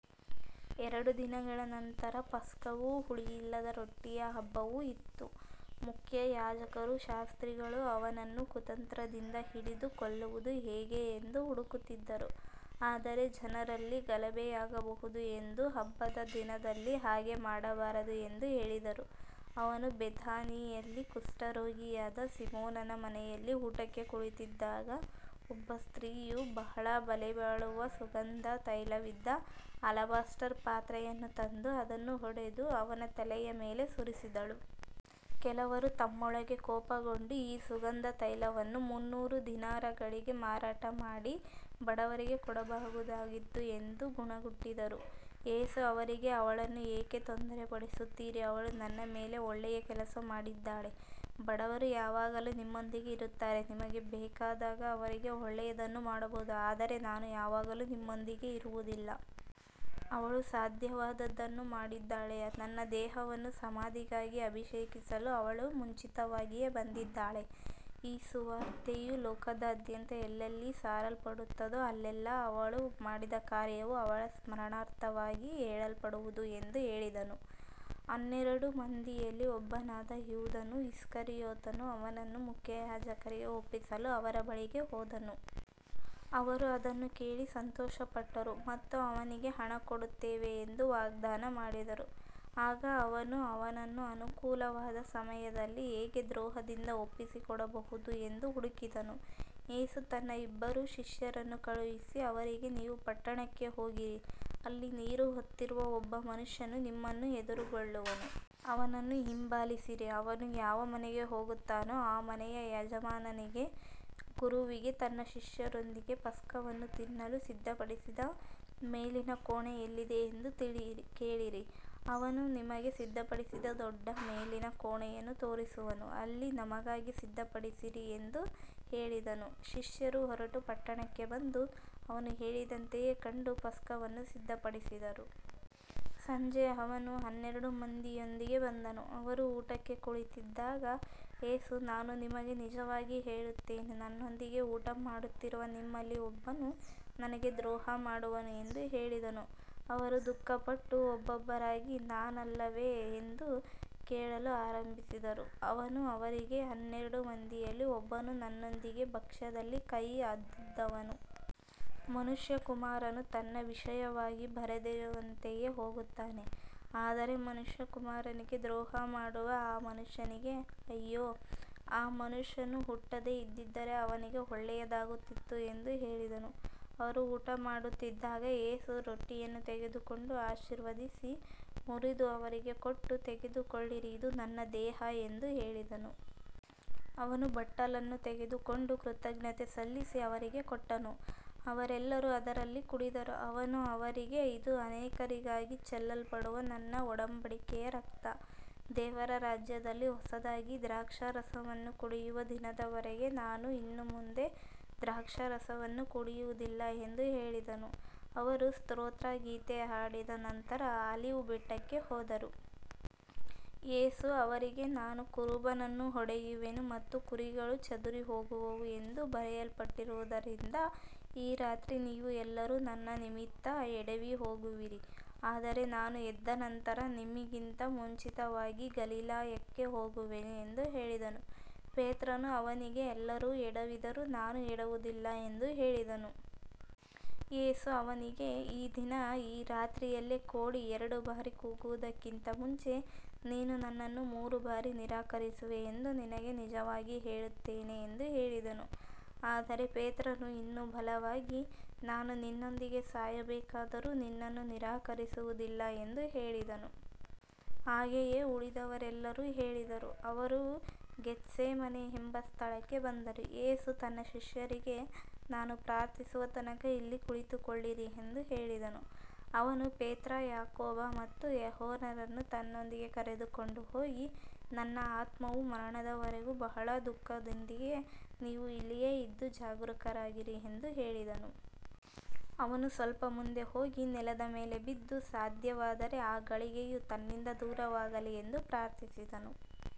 ಎರಡು ದಿನಗಳ ನಂತರ ಪಸ್ಕವೂ ಹುಳಿಯಿಲ್ಲದ ರೊಟ್ಟಿಯ ಹಬ್ಬವೂ ಇತ್ತು. ಮುಖ್ಯಯಾಜಕರೂ ಶಾಸ್ತ್ರಿಗಳೂ ಅವನನ್ನು ಕುತಂತ್ರದಿಂದ ಹಿಡಿದು ಕೊಲ್ಲುವುದು ಹೇಗೆ ಎಂದು ಹುಡುಕುತ್ತಿದ್ದರು. ಆದರೆ ಜನರಲ್ಲಿ ಗಲಭೆಯಾಗಬಹುದು ಎಂದು ಹಬ್ಬದ ದಿನದಲ್ಲಿ ಹಾಗೆ ಮಾಡಬಾರದು ಎಂದು ಹೇಳಿದರು. ಅವನು ಬೇಥಾನಿಯಲ್ಲಿ ಕುಷ್ಠರೋಗಿಯಾದ ಸೀಮೋನನ ಮನೆಯಲ್ಲಿ ಊಟಕ್ಕೆ ಕುಳಿತಿದ್ದಾಗ ಒಬ್ಬ ಸ್ತ್ರೀಯು ಬಹಳ ಬೆಲೆಬಾಳುವ ಸುಗಂಧ ತೈಲವಿದ್ದ ಅಲಬಾಸ್ಟರ್ ಪಾತ್ರೆಯನ್ನು ತಂದು ಅದನ್ನು ಒಡೆದು ಅವನ ತಲೆಯ ಮೇಲೆ ಸುರಿಸಿದಳು. ಕೆಲವರು ತಮ್ಮೊಳಗೆ ಕೋಪಗೊಂಡು, ಈ ಸುಗಂಧ ತೈಲವನ್ನು ಮುನ್ನೂರು ದಿನಾರಗಳಿಗೆ ಮಾರಾಟ ಮಾಡಿ ಬಡವರಿಗೆ ಕೊಡಬಹುದಾಗಿತ್ತು ಎಂದು ಗುಣುಗುಟ್ಟಿದರು. ಯೇಸು ಅವರಿಗೆ, ಅವಳನ್ನು ಏಕೆ ತೊಂದರೆಪಡಿಸುತ್ತೀರಿ. ಅವಳು ನನ್ನ ಮೇಲೆ ಒಳ್ಳೆಯ ಕೆಲಸ ಮಾಡಿದ್ದಾಳೆ. ಬಡವರು ಯಾವಾಗಲೂ ನಿಮ್ಮೊಂದಿಗೆ ಇರುತ್ತಾರೆ, ನಿಮಗೆ ಬೇಕಾದಾಗ ಅವರಿಗೆ ಒಳ್ಳೆಯದನ್ನು ಮಾಡಬಹುದು, ಆದರೆ ನಾನು ಯಾವಾಗಲೂ ನಿಮ್ಮೊಂದಿಗೆ ಇರುವುದಿಲ್ಲ. ಅವಳು ಸಾಧ್ಯವಾದದ್ದನ್ನು ಮಾಡಿದ್ದಾಳೆ. ನನ್ನ ದೇಹವನ್ನು ಸಮಾಧಿಗಾಗಿ ಅಭಿಷೇಕಿಸಲು ಅವಳು ಮುಂಚಿತವಾಗಿಯೇ ಬಂದಿದ್ದಾಳೆ. ಈ ಸುವಾರ್ತೆಯು ಲೋಕದಾದ್ಯಂತ ಎಲ್ಲೆಲ್ಲಿ ಸಾರಲ್ಪಡುತ್ತದೋ ಅಲ್ಲೆಲ್ಲಾ ಅವಳು ಮಾಡಿದ ಕಾರ್ಯವೂ ಅವಳ ಸ್ಮರಣಾರ್ಥವಾಗಿ ಹೇಳಲ್ಪಡುವುದು ಎಂದು ಹೇಳಿದನು. ಹನ್ನೆರಡು ಮಂದಿಯಲ್ಲಿ ಒಬ್ಬನಾದ ಯೂದನು ಇಸ್ಕರಿಯೋತನು ಅವನನ್ನು ಮುಖ್ಯಯಾಜಕರಿಗೆ ಒಪ್ಪಿಸಲು ಅವರ ಬಳಿಗೆ ಹೋದನು. ಅವರು ಅದನ್ನು ಕೇಳಿ ಸಂತೋಷಪಟ್ಟರು ಮತ್ತು ಅವನಿಗೆ ಹಣ ಕೊಡುತ್ತೇವೆ ಎಂದು ವಾಗ್ದಾನ ಮಾಡಿದರು. ಆಗ ಅವನು ಅವನನ್ನು ಅನುಕೂಲವಾದ ಸಮಯದಲ್ಲಿ ಹೇಗೆ ದ್ರೋಹದಿಂದ ಒಪ್ಪಿಸಿಕೊಡಬಹುದು ಎಂದು ಹುಡುಕಿದನು. ಯೇಸು ತನ್ನ ಇಬ್ಬರು ಶಿಷ್ಯರನ್ನು ಕಳುಹಿಸಿ ಅವರಿಗೆ, ನೀವು ಪಟ್ಟಣಕ್ಕೆ ಹೋಗಿರಿ. ಅಲ್ಲಿ ನೀರು ಹೊತ್ತಿರುವ ಒಬ್ಬ ಮನುಷ್ಯನು ನಿಮ್ಮನ್ನು ಎದುರುಗೊಳ್ಳುವನು. ಅವನನ್ನು ಹಿಂಬಾಲಿಸಿರಿ. ಅವನು ಯಾವ ಮನೆಗೆ ಹೋಗುತ್ತಾನೋ ಆ ಮನೆಯ ಯಜಮಾನನಿಗೆ, ಗುರುವಿಗೆ ತನ್ನ ಶಿಷ್ಯರೊಂದಿಗೆ ಪಸ್ಕವನ್ನು ತಿನ್ನಲು ಸಿದ್ಧಪಡಿಸಿದ ಮೇಲಿನ ಕೋಣೆ ಎಲ್ಲಿದೆ ಎಂದು ಕೇಳಿರಿ. ಅವನು ನಿಮಗೆ ಸಿದ್ಧಪಡಿಸಿದ ದೊಡ್ಡ ಮೇಲಿನ ಕೋಣೆಯನ್ನು ತೋರಿಸುವನು. ಅಲ್ಲಿ ನಮಗಾಗಿ ಸಿದ್ಧಪಡಿಸಿರಿ ಎಂದು ಹೇಳಿದನು. ಶಿಷ್ಯರು ಹೊರಟು ಪಟ್ಟಣಕ್ಕೆ ಬಂದು, ಅವನು ಹೇಳಿದಂತೆಯೇ ಕಂಡು ಪಸ್ಕವನ್ನು ಸಿದ್ಧಪಡಿಸಿದರು. ಸಂಜೆ ಅವನು ಹನ್ನೆರಡು ಮಂದಿಯೊಂದಿಗೆ ಬಂದನು. ಅವರು ಊಟಕ್ಕೆ ಕುಳಿತಿದ್ದಾಗ ಯೇಸು, ನಾನು ನಿಮಗೆ ನಿಜವಾಗಿ ಹೇಳುತ್ತೇನೆ, ನನ್ನೊಂದಿಗೆ ಊಟಮಾಡುತ್ತಿರುವ ನಿಮ್ಮಲ್ಲಿ ಒಬ್ಬನು ನನಗೆ ದ್ರೋಹಮಾಡುವನು ಎಂದು ಹೇಳಿದನು. ಅವರು ದುಃಖಪಟ್ಟು ಒಬ್ಬೊಬ್ಬರಾಗಿ, ನಾನಲ್ಲವೇ ಎಂದು ಕೇಳಲು ಆರಂಭಿಸಿದರು. ಅವನು ಅವರಿಗೆ, ಹನ್ನೆರಡು ಮಂದಿಯಲ್ಲಿ ಒಬ್ಬನು ನನ್ನೊಂದಿಗೆ ಭಕ್ಷ್ಯದಲ್ಲಿ ಕೈ ಅದ್ದುವವನು. ಮನುಷ್ಯಕುಮಾರನು ತನ್ನ ವಿಷಯವಾಗಿ ಬರೆದಿರುವಂತೆಯೇ ಹೋಗುತ್ತಾನೆ. ಆದರೆ ಮನುಷ್ಯಕುಮಾರನಿಗೆ ದ್ರೋಹಮಾಡುವ ಆ ಮನುಷ್ಯನಿಗೆ ಅಯ್ಯೋ. ಆ ಮನುಷ್ಯನು ಹುಟ್ಟದೇ ಇದ್ದಿದ್ದರೆ ಅವನಿಗೆ ಒಳ್ಳೆಯದಾಗುತ್ತಿತ್ತು ಎಂದು ಹೇಳಿದನು. ಅವರು ಊಟಮಾಡುತ್ತಿದ್ದಾಗ ಯೇಸು ರೊಟ್ಟಿಯನ್ನು ತೆಗೆದುಕೊಂಡು ಆಶೀರ್ವದಿಸಿ ಮುರಿದು ಅವರಿಗೆ ಕೊಟ್ಟು, ತೆಗೆದುಕೊಳ್ಳಿರಿ, ಇದು ನನ್ನ ದೇಹ ಎಂದು ಹೇಳಿದನು. ಅವನು ಬಟ್ಟಲನ್ನು ತೆಗೆದುಕೊಂಡು ಕೃತಜ್ಞತೆ ಸಲ್ಲಿಸಿ ಅವರಿಗೆ ಕೊಟ್ಟನು. ಅವರೆಲ್ಲರೂ ಅದರಲ್ಲಿ ಕುಡಿದರು. ಅವನು ಅವರಿಗೆ, ಇದು ಅನೇಕರಿಗಾಗಿ ಚೆಲ್ಲಲ್ಪಡುವ ನನ್ನ ಒಡಂಬಡಿಕೆಯ ರಕ್ತ. ದೇವರ ರಾಜ್ಯದಲ್ಲಿ ಹೊಸದಾಗಿ ದ್ರಾಕ್ಷಾರಸವನ್ನು ಕುಡಿಯುವ ದಿನದವರೆಗೆ ನಾನು ಇನ್ನು ಮುಂದೆ ದ್ರಾಕ್ಷಾರಸವನ್ನು ಕುಡಿಯುವುದಿಲ್ಲ ಎಂದು ಹೇಳಿದನು. ಅವರು ಸ್ತೋತ್ರಗೀತೆ ಹಾಡಿದ ನಂತರ ಆಲಿವ್ ಬೆಟ್ಟಕ್ಕೆ ಹೋದರು. ಯೇಸು ಅವರಿಗೆ, ನಾನು ಕುರುಬನನ್ನು ಹೊಡೆಯುವೆನು ಮತ್ತು ಕುರಿಗಳು ಚದುರಿಹೋಗುವವು ಎಂದು ಬರೆಯಲ್ಪಟ್ಟಿರುವುದರಿಂದ ಈ ರಾತ್ರಿ ನೀವು ಎಲ್ಲರೂ ನನ್ನ ನಿಮಿತ್ತ ಎಡವಿಹೋಗುವಿರಿ. ಆದರೆ ನಾನು ಎದ್ದ ನಂತರ ನಿಮ್ಮಿಗಿಂತ ಮುಂಚಿತವಾಗಿ ಗಲಿಲಾಯಕ್ಕೆ ಹೋಗುವೆನು ಎಂದು ಹೇಳಿದನು. ಪೇತ್ರನು ಅವನಿಗೆ, ಎಲ್ಲರೂ ಎಡವಿದರೂ ನಾನು ಎಡವುವುದಿಲ್ಲ ಎಂದು ಹೇಳಿದನು. ಯೇಸು ಅವನಿಗೆ, ಈ ದಿನ, ಈ ರಾತ್ರಿಯಲ್ಲೇ ಕೋಳಿ ಎರಡು ಬಾರಿ ಕೂಗುವುದಕ್ಕಿಂತ ಮುಂಚೆ ನೀನು ನನ್ನನ್ನು ಮೂರು ಬಾರಿ ನಿರಾಕರಿಸುವೆ ಎಂದು ನಿನಗೆ ನಿಜವಾಗಿ ಹೇಳುತ್ತೇನೆ ಎಂದು ಹೇಳಿದನು. ಆದರೆ ಪೇತ್ರನು ಇನ್ನೂ ಬಲವಾಗಿ, ನಾನು ನಿನ್ನೊಂದಿಗೆ ಸಾಯಬೇಕಾದರೂ ನಿನ್ನನ್ನು ನಿರಾಕರಿಸುವುದಿಲ್ಲ ಎಂದು ಹೇಳಿದನು. ಹಾಗೆಯೇ ಉಳಿದವರೆಲ್ಲರೂ ಹೇಳಿದರು. ಅವರು ಗೆತ್ಸೇಮನೆ ಎಂಬ ಸ್ಥಳಕ್ಕೆ ಬಂದರು. ಯೇಸು ತನ್ನ ಶಿಷ್ಯರಿಗೆ, ನಾನು ಪ್ರಾರ್ಥಿಸುವ ತನಕ ಇಲ್ಲಿ ಕುಳಿತುಕೊಳ್ಳಿರಿ ಎಂದು ಹೇಳಿದನು. ಅವನು ಪೇತ್ರ, ಯಾಕೋಬ ಮತ್ತು ಯೋಹಾನರನ್ನು ತನ್ನೊಂದಿಗೆ ಕರೆದುಕೊಂಡು ಹೋಗಿ, ನನ್ನ ಆತ್ಮವು ಮರಣದವರೆಗೂ ಬಹಳ ದುಃಖದಿಂದಿದೆ. ನೀವು ಇಲ್ಲಿಯೇ ಇದ್ದು ಜಾಗರೂಕರಾಗಿರಿ ಎಂದು ಹೇಳಿದನು. ಅವನು ಸ್ವಲ್ಪ ಮುಂದೆ ಹೋಗಿ ನೆಲದ ಮೇಲೆ ಬಿದ್ದು, ಸಾಧ್ಯವಾದರೆ ಆ ಗಳಿಗೆಯು ತನ್ನಿಂದ ದೂರವಾಗಲಿ ಎಂದು ಪ್ರಾರ್ಥಿಸಿದನು.